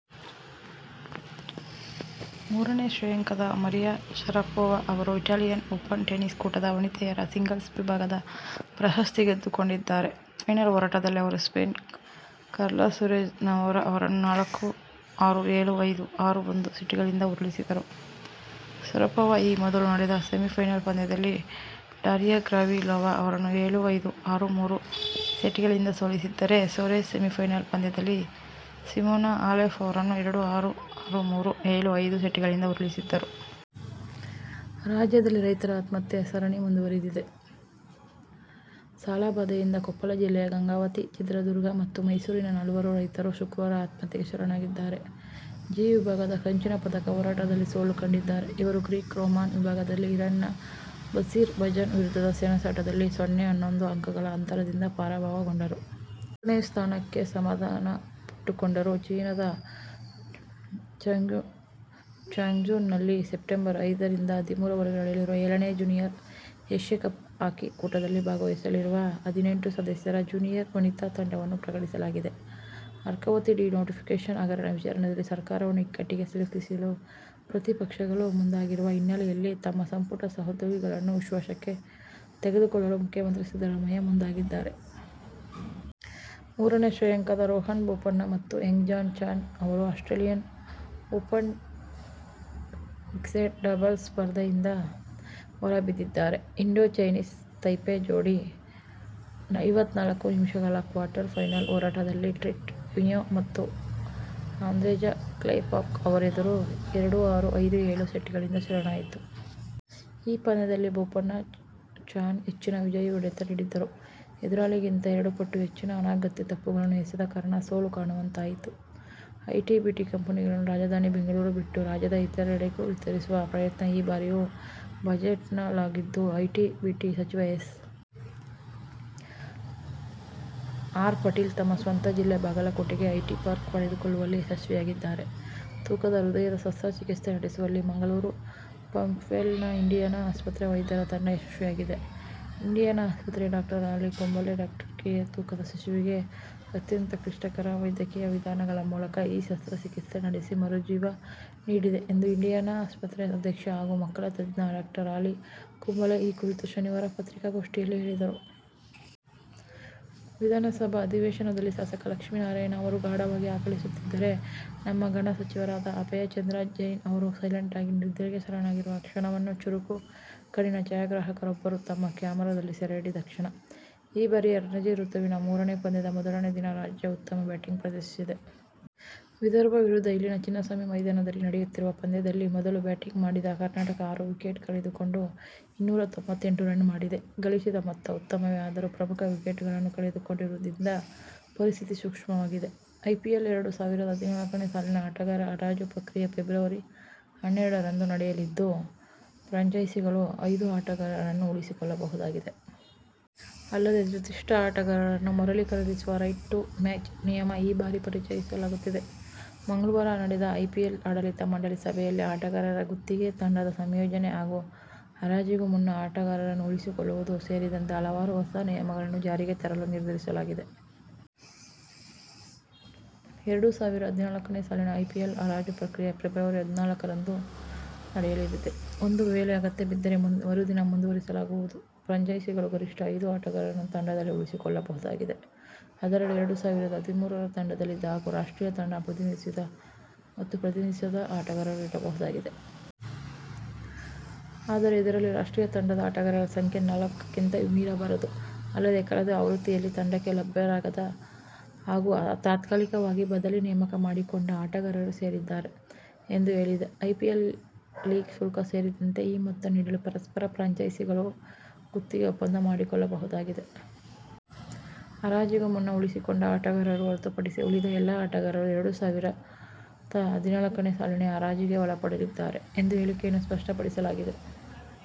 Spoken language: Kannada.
ಮೂರನೇ ಶ್ರೇಯಾಂಕದ ಮರಿಯಾ ಶರಪೋವಾ ಅವರು ಇಟಾಲಿಯನ್ ಓಪನ್ ಟೆನ್ನಿಸ್ ಕೂಟದ ವನಿತೆಯರ ಸಿಂಗಲ್ಸ್ ವಿಭಾಗದ ಪ್ರಶಸ್ತಿ ಗೆದ್ದುಕೊಂಡಿದ್ದಾರೆ. ಫೈನಲ್ ಹೋರಾಟದಲ್ಲಿ ಅವರು ಸ್ಪೇನ್ನ ಕಾರ್ಲಾ ಸೂರೆಜ್ ನವಾರೊ ಅವರನ್ನು ನಾಲ್ಕು-ಆರು, ಏಳು-ಐದು, ಆರು-ಒಂದು ಸೆಟ್ಗಳಿಂದ ಉರುಳಿಸಿದರು. ಶರಪೋವಾ ಈ ಮೊದಲು ನಡೆದ ಸೆಮಿಫೈನಲ್ ಪಂದ್ಯದಲ್ಲಿ ಡಾರಿಯಾ ಗ್ಯಾವ್ರಿಲೋವಾ ಅವರನ್ನು ಏಳು-ಐದು, ಆರು-ಮೂರು ಸೆಟ್ಗಳಿಂದ ಸೋಲಿಸಿದ್ದರೆ ಸೂರೆಜ್ ಸೆಮಿಫೈನಲ್ ಪಂದ್ಯದಲ್ಲಿ ಸಿಮೋನಾ ಹಾಲೆಪ್ ಅವರನ್ನು ಎರಡು-ಆರು, ಆರು-ಮೂರು, ಏಳು-ಐದು ಸೆಟ್ಗಳಿಂದ ಉರುಳಿಸಿದ್ದರು. ರಾಜ್ಯದಲ್ಲಿ ರೈತರ ಆತ್ಮಹತ್ಯೆ ಸರಣಿ ಮುಂದುವರಿದಿದೆ. ಸಾಲ ಬಾಧೆಯಿಂದ ಕೊಪ್ಪಳ ಜಿಲ್ಲೆಯ ಗಂಗಾವತಿ, ಚಿತ್ರದುರ್ಗ ಮತ್ತು ಮೈಸೂರಿನಲ್ಲಿ ನಾಲ್ವರು ರೈತರು ಶುಕ್ರವಾರ ಆತ್ಮಹತ್ಯೆಗೆ ಶರಣಾಗಿದ್ದಾರೆ. ಜಿ ವಿಭಾಗದ ಕಂಚಿನ ಪದಕ ಹೋರಾಟದಲ್ಲಿ ಸೋಲು ಕಂಡಿದ್ದಾರೆ. ಇವರು ಗ್ರೀಕ್ ರೋಮನ್ ವಿಭಾಗದಲ್ಲಿ ಇರಾನ್ನ ಬಶೀರ್ ಬಜನ್ ವಿರುದ್ಧದ ಸೆಣಸಾಟದಲ್ಲಿ ಸೊನ್ನೆ-ಹನ್ನೊಂದು ಅಂಕಗಳ ಅಂತರದಿಂದ ಪರಾಭವಗೊಂಡರು. ನಾಲ್ಕನೇ ಸ್ಥಾನಕ್ಕೆ ಸಮಾಧಾನ ಪಟ್ಟುಕೊಂಡರು. ಚೀನದ ಚಾಂಗ್ಝೂನಲ್ಲಿ ಸೆಪ್ಟಂಬರ್ ಐದ ರಿಂದ ಹದಿಮೂರ ವರೆಗೆ ನಡೆಯಲಿರುವ ಏಳನೇ ಜೂನಿಯರ್ ಏಶ್ಯ ಕಪ್ ಹಾಕಿ ಕೂಟದಲ್ಲಿ ಭಾಗವಹಿಸಲಿರುವ ಹದಿನೆಂಟು ಸದಸ್ಯರ ಜೂನಿಯರ್ ವನಿತಾ ತಂಡವನ್ನು ಪ್ರಕಟಿಸಲಾಗಿದೆ. ಅರ್ಕಾವತಿ ಡಿ-ನೋಟಿಫಿಕೇಷನ್ ಹಗರಣ ವಿಚಾರದಲ್ಲಿ ಸರ್ಕಾರವನ್ನು ಇಕ್ಕಟ್ಟಿಗೆ ಸಿಲುಕಿಸಲು ಪ್ರತಿಪಕ್ಷಗಳು ಮುಂದಾಗಿರುವ ಹಿನ್ನೆಲೆಯಲ್ಲಿ ತಮ್ಮ ಸಂಪುಟ ಸಹೋದ್ಯೋಗಿಗಳನ್ನು ವಿಶ್ವಾಸಕ್ಕೆ ತೆಗೆದುಕೊಳ್ಳಲು ಮುಖ್ಯಮಂತ್ರಿ ಸಿದ್ದರಾಮಯ್ಯ ಮುಂದಾಗಿದ್ದಾರೆ. ಮೂರನೇ ಶ್ರೇಯಾಂಕದ ರೋಹನ್ ಬೋಪಣ್ಣ ಮತ್ತು ಯಂಗ್ ಜಾನ್-ಚಾನ್ ಅವರು ಆಸ್ಟ್ರೇಲಿಯನ್ ಓಪನ್ ಮಿಕ್ಸೆಡ್ ಡಬಲ್ಸ್ ಸ್ಪರ್ಧೆ ಯಿಂದ ಹೊರಬಿದ್ದಿದ್ದಾರೆ. ಇಂಡೋ-ಚೈನೀಸ್ ತೈಪೆ ಜೋಡಿ ಐವತ್ನಾಲ್ಕು ನಿಮಿಷಗಳ ಕ್ವಾರ್ಟರ್ ಫೈನಲ್ ಹೋರಾಟದಲ್ಲಿ ಟ್ರಿಟ್ ಹ್ಯುಯಿ ಮತ್ತು ಆಂದ್ರೇಜ ಕ್ಲೆಪಾಕ್ ಅವರೆದುರು ಎರಡು-ಆರು, ಐದು-ಏಳು ಸೆಟ್ಗಳಿಂದ ಶರಣಾಯಿತು. ಈ ಪಂದ್ಯದಲ್ಲಿ ಬೋಪಣ್ಣ- ಚಾನ್ ಹೆಚ್ಚಿನ ವಿಜಯಿ ಹೊಡೆತ ನೀಡಿದ್ದರೂ ಎದುರಾಳಿಗಿಂತ ಎರಡು ಪಟ್ಟು ಹೆಚ್ಚಿನ ಅನಗತ್ಯ ತಪ್ಪುಗಳನ್ನು ಎಸೆದ ಕಾರಣ ಸೋಲು ಕಾಣುವಂತಾಯಿತು. ಐಟಿ-ಬಿಟಿ ಕಂಪನಿಗಳನ್ನು ರಾಜಧಾನಿ ಬೆಂಗಳೂರು ಬಿಟ್ಟು ರಾಜ್ಯದ ಇತರೆಡೆಗೂ ವಿಸ್ತರಿಸುವ ಪ್ರಯತ್ನ ಈ ಬಾರಿಯ ಬಜೆಟ್ನಲ್ಲಾಗಿದ್ದು, ಐಟಿ- ಬಿಟಿ ಸಚಿವ ಎಸ್. ಆರ್. ಪಾಟೀಲ್ ತಮ್ಮ ಸ್ವಂತ ಜಿಲ್ಲೆ ಬಾಗಲಕೋಟೆಗೆ ಐಟಿ ಪಾರ್ಕ್ ಪಡೆದುಕೊಳ್ಳುವಲ್ಲಿ ಯಶಸ್ವಿಯಾಗಿದ್ದಾರೆ. ತೂಕದ ಹೃದಯದ ಶಸ್ತ್ರಚಿಕಿತ್ಸೆ ನಡೆಸುವಲ್ಲಿ ಮಂಗಳೂರು ಪಂಪ್ವೆಲ್ನ ಇಂಡಿಯಾನ ಆಸ್ಪತ್ರೆ ವೈದ್ಯರ ತಂಡ ಯಶಸ್ವಿಯಾಗಿದೆ. ಇಂಡಿಯಾನ ಆಸ್ಪತ್ರೆಯ doctor Ali Kumble, doctor K. A. ತೂಕದ ಶಿಶುವಿಗೆ ಅತ್ಯಂತ ಕ್ಲಿಷ್ಟಕರ ವೈದ್ಯಕೀಯ ವಿಧಾನಗಳ ಮೂಲಕ ಈ ಶಸ್ತ್ರಚಿಕಿತ್ಸೆ ನಡೆಸಿ ಮರುಜೀವ ನೀಡಿದೆ ಎಂದು ಇಂಡಿಯಾನ ಆಸ್ಪತ್ರೆ ಅಧ್ಯಕ್ಷ ಹಾಗೂ ಮಕ್ಕಳ ತಜ್ಞ ಡಾಕ್ಟರ್ ಆಲಿ ಕುಂಬಳೆ ಈ ಕುರಿತು ಶನಿವಾರ ಪತ್ರಿಕಾಗೋಷ್ಠಿಯಲ್ಲಿ ಹೇಳಿದರು. ವಿಧಾನಸಭಾ ಅಧಿವೇಶನದಲ್ಲಿ ಶಾಸಕ ಲಕ್ಷ್ಮೀನಾರಾಯಣ ಅವರು ಗಾಢವಾಗಿ ಆಕಳಿಸುತ್ತಿದ್ದರೆ, ನಮ್ಮ ಘನ ಸಚಿವರಾದ ಅಭಯಚಂದ್ರ ಜೈನ್ ಅವರು ಸೈಲೆಂಟಾಗಿ ನಿದ್ರೆಗೆ ಶರಣಾಗಿರುವ ಕ್ಷಣವನ್ನು ಚುರುಕು ಕಣ್ಣಿನ ಛಾಯಾಗ್ರಾಹಕರೊಬ್ಬರು ತಮ್ಮ ಕೆಮರಾದಲ್ಲಿ ಸೆರೆಹಿಡಿದ ಕ್ಷಣ. ಈ ಬಾರಿಯ ರಣಜಿ ಋತುವಿನ ಮೂರನೇ ಪಂದ್ಯದ ಮೊದಲನೇ ದಿನ ರಾಜ್ಯ ಉತ್ತಮ ಬ್ಯಾಟಿಂಗ್ ಪ್ರದರ್ಶಿಸಿದೆ. ವಿದರ್ಭ ವಿರುದ್ಧ ಇಲ್ಲಿನ ಚಿನ್ನಸ್ವಾಮಿ ಮೈದಾನದಲ್ಲಿ ನಡೆಯುತ್ತಿರುವ ಪಂದ್ಯದಲ್ಲಿ ಮೊದಲು ಬ್ಯಾಟಿಂಗ್ ಮಾಡಿದ ಕರ್ನಾಟಕ ಆರು ವಿಕೆಟ್ ಕಳೆದುಕೊಂಡು ಇನ್ನೂರ ತೊಂಬತ್ತೆಂಟು ರನ್ ಮಾಡಿದೆ. ಗಳಿಸಿದ ಮೊತ್ತ ಉತ್ತಮವೇ ಆದರೂ ಪ್ರಮುಖ ವಿಕೆಟ್ಗಳನ್ನು ಕಳೆದುಕೊಂಡಿರುವುದರಿಂದ ಪರಿಸ್ಥಿತಿ ಸೂಕ್ಷ್ಮವಾಗಿದೆ. ಐಪಿಎಲ್ ಎರಡು ಸಾವಿರದ ಹದಿನಾಲ್ಕನೇ ಸಾಲಿನ ಆಟಗಾರರ ಹರಾಜು ಪ್ರಕ್ರಿಯೆ ಫೆಬ್ರವರಿ ಹನ್ನೆರಡರಂದು ನಡೆಯಲಿದ್ದು, ಫ್ರಾಂಚೈಸಿಗಳು ಐದು ಆಟಗಾರರನ್ನು ಉಳಿಸಿಕೊಳ್ಳಬಹುದಾಗಿದೆ. ಅಲ್ಲದೇ ನಿರ್ದಿಷ್ಟ ಆಟಗಾರರನ್ನು ಮರಳಿ ಖರೀದಿಸುವ 'ರೈಟ್ ಟು ಮ್ಯಾಚ್' ನಿಯಮ ಈ ಬಾರಿ ಪರಿಚಯಿಸಲಾಗುತ್ತಿದೆ. ಮಂಗಳವಾರ ನಡೆದ ಐಪಿಎಲ್ ಆಡಳಿತ ಮಂಡಳಿ ಸಭೆಯಲ್ಲಿ ಆಟಗಾರರ ಗುತ್ತಿಗೆ, ತಂಡದ ಸಂಯೋಜನೆ ಹಾಗೂ ಹರಾಜಿಗೂ ಮುನ್ನ ಆಟಗಾರರನ್ನು ಉಳಿಸಿಕೊಳ್ಳುವುದು ಸೇರಿದಂತೆ ಹಲವಾರು ಹೊಸ ನಿಯಮಗಳನ್ನು ಜಾರಿಗೆ ತರಲು ನಿರ್ಧರಿಸಲಾಗಿದೆ. ಎರಡು ಸಾವಿರದ ಹದಿನಾಲ್ಕನೇ ಸಾಲಿನ ಐಪಿಎಲ್ ಹರಾಜು ಪ್ರಕ್ರಿಯೆ ಫೆಬ್ರವರಿ ಹದಿನಾಲ್ಕರಂದು ನಡೆಯಲಿದೆ. ಒಂದು ವೇಳೆ ಅಗತ್ಯ ಬಿದ್ದರೆ ಮರುದಿನ ಮುಂದುವರಿಸಲಾಗುವುದು. ಫ್ರಾಂಚೈಸಿಗಳು ಗರಿಷ್ಠ ಐದು ಆಟಗಾರರನ್ನು ತಂಡದಲ್ಲಿ ಉಳಿಸಿಕೊಳ್ಳಬಹುದಾಗಿದೆ. ಅದರಲ್ಲಿ ಎರಡು ಸಾವಿರದ ಹದಿಮೂರರ ತಂಡದಲ್ಲಿದ್ದ ಹಾಗೂ ರಾಷ್ಟ್ರೀಯ ತಂಡ ಪ್ರತಿನಿಧಿಸಿದ ಮತ್ತು ಪ್ರತಿನಿಧಿಸದ ಆಟಗಾರರು ಇರಬಹುದಾಗಿದೆ. ಆದರೆ ಇದರಲ್ಲಿ ರಾಷ್ಟ್ರೀಯ ತಂಡದ ಆಟಗಾರರ ಸಂಖ್ಯೆ ನಾಲ್ಕಕ್ಕಿಂತ ಮೀರಬಾರದು. ಅಲ್ಲದೇ ಕಳೆದ ಆವೃತ್ತಿಯಲ್ಲಿ ತಂಡಕ್ಕೆ ಲಭ್ಯರಾಗದ ಹಾಗೂ ತಾತ್ಕಾಲಿಕವಾಗಿ ಬದಲಿ ನೇಮಕ ಮಾಡಿಕೊಂಡ ಆಟಗಾರರು ಸೇರಿದ್ದಾರೆ ಎಂದು ಹೇಳಿದೆ. ಐಪಿಎಲ್ ಲೀಗ್ ಶುಲ್ಕ ಸೇರಿದಂತೆ ಈ ಮೊತ್ತ ನೀಡಲು ಪರಸ್ಪರ ಫ್ರಾಂಚೈಸಿಗಳು ಗುತ್ತಿಗೆ ಒಪ್ಪಂದ ಮಾಡಿಕೊಳ್ಳಬಹುದಾಗಿದೆ. ಹರಾಜಿಗೂ ಮುನ್ನ ಉಳಿಸಿಕೊಂಡ ಆಟಗಾರರು ಹೊರತುಪಡಿಸಿ ಉಳಿದ ಎಲ್ಲ ಆಟಗಾರರು ಎರಡು ಸಾವಿರದ ಹದಿನಾಲ್ಕನೇ ಸಾಲಿನ ಹರಾಜಿಗೆ ಒಳಪಡಲಿದ್ದಾರೆ ಎಂದು ಹೇಳಿಕೆಯಲ್ಲಿ ಸ್ಪಷ್ಟಪಡಿಸಲಾಗಿದೆ.